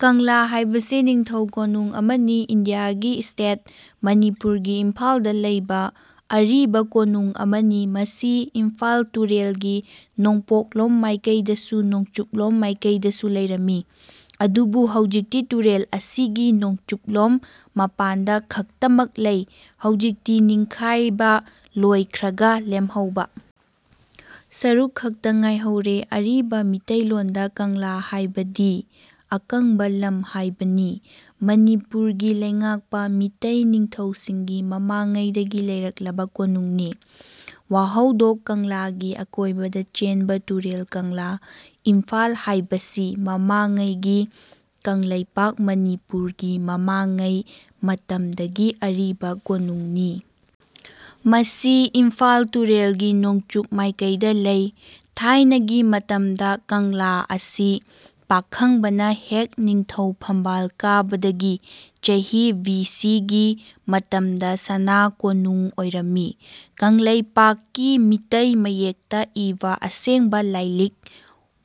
ꯀꯪꯂꯥ ꯍꯥꯏꯕꯁꯤ ꯅꯤꯡꯊꯧ ꯀꯣꯅꯨꯡ ꯑꯃꯅꯤ꯫ ꯏꯟꯗꯤꯌꯥꯒꯤ ꯁ꯭ꯇꯦꯠ ꯃꯅꯤꯄꯨꯔꯒꯤ ꯏꯝꯐꯥꯜꯗ ꯂꯩꯕ ꯑꯔꯤꯕꯥ ꯀꯣꯅꯨꯡ ꯑꯃꯅꯤ꯫ ꯃꯁꯤ ꯏꯝꯐꯥꯜ ꯇꯨꯔꯦꯜꯒꯤ ꯅꯣꯡꯄꯣꯛꯂꯣꯝ ꯃꯥꯏꯀꯩꯗꯁꯨ ꯅꯣꯡꯆꯨꯞꯂꯣꯝ ꯃꯥꯏꯀꯩꯗꯁꯨ ꯂꯩꯔꯝꯃꯤ꯫ ꯑꯗꯨꯕꯨ ꯍꯧꯖꯤꯛꯇꯤ ꯇꯨꯔꯦꯜ ꯑꯁꯤꯒꯤ ꯅꯣꯡꯆꯨꯞꯂꯣꯝ ꯃꯄꯥꯟꯗ ꯈꯛꯇꯃꯛ ꯂꯩ꯫ ꯍꯧꯖꯤꯛꯇꯤ ꯅꯤꯡꯈꯥꯏꯕ ꯂꯣꯏꯈ꯭ꯔꯒ ꯂꯦꯝꯍꯧꯕ ꯁꯔꯨꯛ ꯈꯛꯇ ꯉꯥꯏꯍꯧꯔꯦ꯫ ꯑꯔꯤꯕ ꯃꯤꯇꯩꯂꯣꯟꯗ ꯀꯪꯂꯥ ꯍꯥꯏꯕꯗꯤ ꯑꯀꯪꯕ ꯂꯝ ꯍꯥꯢꯕꯅꯤ꯫ ꯃꯅꯤꯄꯨꯔꯒꯤ ꯂꯩꯉꯥꯛꯄ ꯃꯤꯇꯩ ꯅꯤꯡꯊꯧꯁꯤꯡꯒꯤ ꯃꯃꯥꯡꯉꯩꯗꯒꯤ ꯂꯩꯔꯛꯂꯕ ꯀꯣꯅꯨꯡꯅꯤ꯫ ꯋꯥꯍꯧꯗꯣꯛ ꯀꯪꯂꯥꯒꯤ ꯑꯀꯣꯢꯕꯗ ꯆꯦꯟꯕ ꯇꯨꯔꯦꯜ ꯀꯪꯂꯥ(ꯏꯝꯐꯥꯜ) ꯍꯥꯏꯕꯁꯤ ꯃꯃꯥꯡꯉꯩ ꯒꯤ ꯀꯪꯂꯩꯄꯥꯛ(ꯃꯅꯤꯄꯨꯔ) ꯒꯤ ꯃꯃꯥꯡꯉꯩ ꯃꯇꯝꯗꯒꯤ ꯑꯔꯤꯕ ꯀꯣꯅꯨꯡ ꯅꯤ꯫ ꯃꯁꯤ ꯏꯝꯐꯥꯜ ꯇꯨꯔꯦꯜꯒꯤ ꯅꯣꯡꯆꯨꯞ ꯃꯥꯏꯀꯩꯗ ꯂꯩ꯫ ꯊꯥꯏꯅꯒꯤ ꯃꯇꯝꯗ 'ꯀꯪꯂꯥ' ꯑꯁꯤ ꯄꯥꯈꯪꯕꯅ ꯍꯦꯛ ꯅꯤꯡꯊꯧ ꯐꯝꯕꯥꯜ ꯀꯥꯕꯗꯒꯤ ꯆꯍꯤ ꯕꯤ ꯁꯤ ꯒꯤ ꯃꯇꯝꯗ ꯁꯅꯥ ꯀꯣꯅꯨꯡ ꯑꯣꯏꯔꯝꯃꯤ꯫ ꯀꯪꯂꯩꯄꯥꯛ ꯀꯤ ꯃꯤꯇꯩ ꯃꯌꯦꯛꯇ ꯏꯕ ꯑꯁꯦꯡꯕ ꯂꯥꯏꯂꯤꯛ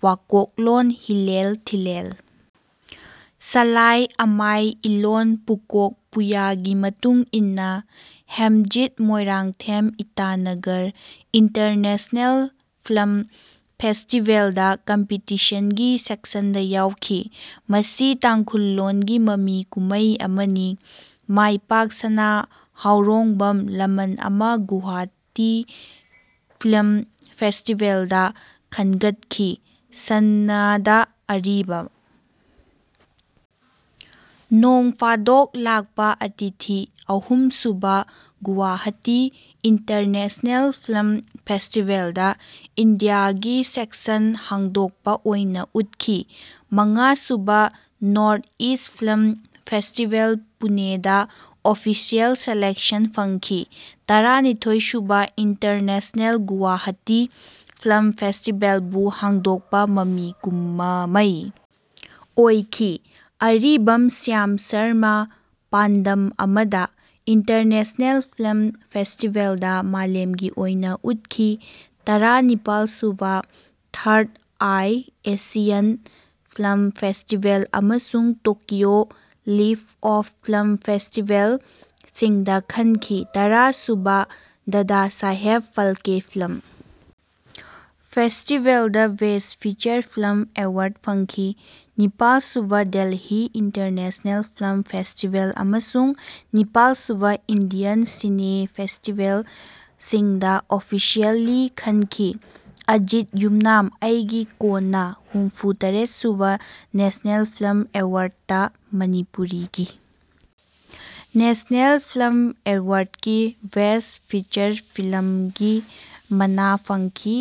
ꯋꯥꯀꯣꯛꯂꯣꯟ ꯍꯤꯂꯦꯜ ꯊꯤꯂꯦꯜ ꯁꯂꯥꯏ ꯑꯃꯥꯏ ꯏꯂꯣꯟ ꯄꯨꯀꯣꯛ ꯄꯨꯌꯥꯒꯤ ꯃꯇꯨꯡ ꯏꯟꯅ꯫ ꯍꯦꯝꯖꯤꯠ ꯃꯣꯏꯔꯥꯡꯊꯦꯝ ꯏꯇꯥꯅꯒꯔ ꯏꯟꯇꯔꯅꯦꯁꯅꯦꯜ ꯐꯤꯜꯝ ꯐꯦꯁꯇꯤꯚꯦꯜꯗ ꯀꯝꯄꯤꯇꯤꯁꯟꯒꯤ ꯁꯦꯛꯁꯟꯗ ꯌꯥꯎꯈꯤ꯫ ꯃꯁꯤ ꯇꯥꯡꯈꯨꯜ ꯂꯣꯟꯒꯤ ꯃꯃꯤ ꯀꯨꯝꯃꯩ ꯑꯃꯅꯤ꯫ ꯃꯥꯏꯄꯥꯛꯁꯅꯥ ꯍꯥꯎꯔꯣꯡꯕꯝ 'ꯂꯃꯟ ꯑꯃꯥ' ꯒꯨꯋꯥꯍꯥꯇꯤ ꯐꯤꯜꯝ ꯐꯦꯁꯇꯤꯚꯦꯜ ꯗ ꯈꯟꯒꯠꯈꯤ꯫ ꯁꯅꯗ ꯑꯔꯤꯕꯝ 'ꯅꯣꯡꯐꯥꯗꯣꯛ ꯂꯥꯛꯄ ꯑꯇꯤꯊꯤ' ꯑꯍꯨꯝ ꯁꯨꯕ ꯒꯨꯋꯥꯍꯥꯇꯤ ꯏꯟꯇꯔꯅꯦꯁꯅꯦꯜ ꯐꯤꯜꯝ ꯐꯦꯁꯇꯤꯚꯦꯜꯗ ꯏꯟꯗꯤꯌꯥꯒꯤ ꯁꯦꯛꯁꯟ ꯍꯥꯡꯗꯣꯛꯄ ꯑꯣꯏꯅ ꯎꯠꯈꯤ꯫ ꯃꯉꯥ ꯁꯨꯕ ꯅꯣꯔ꯭ꯊ-ꯏꯁ꯭ꯇ ꯐꯤꯜꯝ ꯐꯦꯁꯇꯤꯚꯦꯜ ꯄꯨꯅꯦꯗ ꯑꯣꯐꯤꯁꯤꯌꯦꯜ ꯁꯦꯂꯦꯛꯁꯟ ꯐꯪꯈꯤ꯫ ꯇꯔꯥꯅꯤꯊꯣꯏ ꯁꯨꯕ ꯏꯟꯇꯔꯅꯦꯁꯅꯦꯜ ꯒꯨꯋꯥꯍꯥꯇꯤ ꯐꯤꯜꯝ ꯐꯦꯁꯇꯤꯚꯦꯜ ꯕꯨ ꯍꯥꯡꯗꯣꯛꯄ ꯃꯃꯤ ꯀꯨꯃꯃꯩ ꯑꯣꯏꯈꯤ꯫ ꯑꯔꯤꯕꯝ ꯁ꯭ꯌꯥꯝ ꯁꯔꯃ 'ꯄꯥꯟꯗꯝ ꯑꯃꯗ' ꯏꯟꯇꯔꯅꯦꯁꯅꯦꯜ ꯐꯤꯜꯝ ꯐꯦꯁꯇꯤꯚꯦꯜꯗ ꯃꯥꯂꯦꯝꯒꯤ ꯑꯣꯏꯅ ꯎꯠꯈꯤ꯫ ꯇꯔꯥ ꯅꯤꯄꯥꯜ ꯁꯨꯕ third eye Asian film festival ꯑꯃꯁꯨꯡ ꯇꯣꯀꯤꯌꯣ ꯂꯤꯐ꯭ꯇ-ꯑꯣꯐ ꯐꯤꯜ꯭ꯝ ꯐꯦꯁꯇꯤꯚꯦꯜ ꯁꯤꯡꯗ ꯈꯟꯈꯤ꯫ ꯇꯔꯥ ꯁꯨꯕ 'ꯗꯥꯗꯥ ꯁꯥꯍꯦꯕ' ꯐꯥꯜꯀꯦ ꯐꯤꯜꯝ ꯐꯦꯁꯇꯤꯚꯦꯜꯗ ꯕꯦꯁ꯭ꯇ ꯐꯤꯆꯔ ꯐꯤꯜꯝ ꯑꯦꯋꯥꯔ꯭ꯗ ꯐꯪꯈꯤ꯫ ꯅꯤꯄꯥꯜ ꯁꯨꯕ ꯗꯦꯜꯍꯤ ꯏꯟꯇꯔꯅꯦꯁꯅꯦꯜ ꯐꯤꯜꯝ ꯐꯦꯁꯇꯤꯚꯦꯜ ꯑꯃꯁꯨꯡ ꯅꯤꯄꯥꯜ ꯁꯨꯕ ꯏꯟꯗꯤꯌꯟ ꯁꯤꯅꯦ ꯐꯦꯁꯇꯤꯚꯦꯜ ꯁꯤꯡꯗ ꯑꯣꯐꯤꯁꯤꯌꯦꯜꯂꯤ ꯈꯟꯈꯤ꯫ ꯑꯖꯤꯠ ꯌꯨꯝꯅꯥꯝ 'ꯑꯩꯒꯤ ꯀꯣꯟꯅ' ꯍꯨꯝꯐꯨ - ꯇꯔꯦꯠ ꯁꯨꯕ ꯅꯦꯁꯅꯦꯜ ꯐꯤꯜꯝ ꯑꯦꯋꯥꯔ꯭ꯗ꯭ꯁꯇ ꯃꯅꯤꯄꯨꯔꯤꯒꯤ ꯅꯦꯁꯅꯦꯜ ꯐꯤꯜꯝ ꯑꯦꯋꯥꯔ꯭ꯗꯀꯤ ꯕꯦꯁ꯭ꯇ ꯐꯤꯆꯔ ꯐꯤꯜꯝꯒꯤ ꯃꯅꯥ ꯐꯪꯈꯤ꯫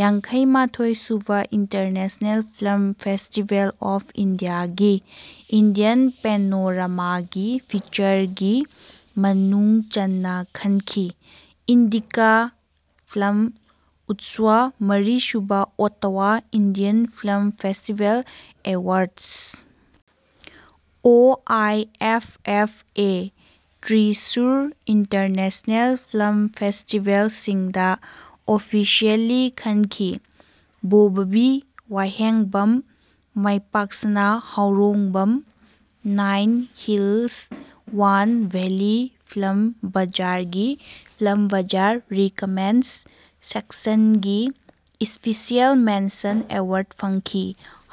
ꯌꯥꯡꯈꯩ - ꯃꯥꯊꯣꯏ ꯁꯨꯕ ꯏꯟꯇꯔꯅꯦꯁꯅꯦꯜ ꯐꯤꯜꯝ ꯐꯦꯁꯇꯤꯚꯦꯜ ꯑꯣꯐ ꯏꯟꯗꯤꯌꯥꯒꯤ (ꯏꯟꯗꯤꯌꯟ ꯄꯦꯅꯣꯔꯥꯃꯥꯒꯤ) ꯐꯤꯆꯔꯒꯤ ꯃꯅꯨꯡ ꯆꯟꯅ ꯈꯟꯈꯤ꯫ ꯏꯟꯗꯤꯀꯥ ꯐꯤꯜꯝ ꯎꯠꯁ꯭ꯋ ꯃꯔꯤ ꯁꯨꯕ Ottawa Indian film festival awards (O I F F A) Thrissur international film festival ꯁꯤꯡꯗ ꯑꯣꯐꯤꯁꯤꯌꯦꯜꯂꯤ ꯈꯟꯈꯤ꯫ ꯕꯣꯕꯕꯤ ꯋꯥꯍꯦꯡꯕꯝ, ꯃꯥꯏꯄꯥꯛꯁꯅꯥ ꯍꯥꯎꯔꯣꯡꯕꯝ, nine hills one valley film ꯕꯖꯥꯔ ꯒꯤ ꯐꯤꯜꯝ ꯕꯖꯥꯔ ꯔꯤꯀꯃꯦꯟ꯭ꯗ꯭ꯁ ꯁꯦꯛꯁꯟꯒꯤ ꯁ꯭ꯄꯤꯁꯤꯑꯦꯜ ꯃꯦꯟꯁꯟ ꯑꯦꯋꯥꯔ꯭ꯗ ꯐꯪꯈꯤ꯫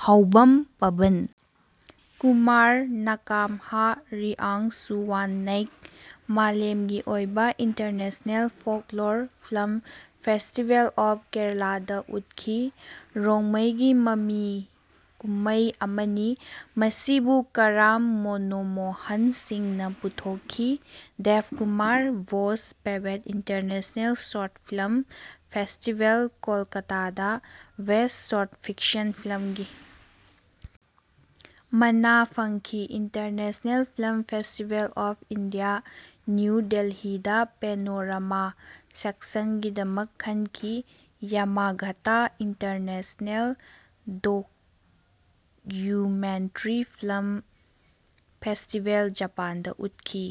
ꯍꯥꯎꯕꯝ ꯄꯕꯟ ꯀꯨꯃꯥꯔ ꯅꯥꯀꯥꯝꯍ-ꯔꯤꯑꯥꯡꯁꯨꯋꯥꯟꯅꯩꯛ ꯃꯥꯂꯦꯝꯒꯤ ꯑꯣꯏꯕ international folklore film festival of Kerala ꯗ ꯎꯠꯈꯤ꯫ꯔꯣꯡꯃꯩꯒꯤ ꯃꯃꯤ ꯀꯨꯝꯃꯩ ꯑꯃꯅꯤ꯫ ꯃꯁꯤꯕꯨ ꯀꯔꯥꯝ ꯃꯣꯅꯣꯃꯣꯍꯟ ꯁꯤꯡ ꯅ ꯄꯨꯊꯣꯛꯈꯤ꯫ Debkumar Bose Pebet international short film festival ꯀꯣꯜꯀꯥꯇꯗ ꯕꯦꯁ꯭ꯇ ꯁꯣꯔ꯭ꯇ ꯐꯤꯛꯁꯟ ꯐꯤꯜꯝꯒꯤ ꯃꯅꯥ ꯐꯪꯈꯤ꯫ International film festival of India, new ꯗꯦꯜꯍꯤꯗ ꯄꯦꯅꯣꯔꯥꯃꯥ ꯁꯦꯛꯁꯟꯒꯤꯗꯃꯛ ꯈꯟꯈꯤ꯫ ꯌꯥꯃꯥꯒꯥꯇꯥ ꯏꯟꯇꯔꯅꯦꯁꯅꯦꯜ ꯗꯣꯛ꯭ꯌꯨꯃꯦꯟꯇꯔꯤ ꯐꯤꯜ꯭ꯃ ꯐꯦꯁꯇꯤꯚꯦꯜ, ꯖꯥꯄꯥꯟꯗ ꯎꯠꯈꯤ꯫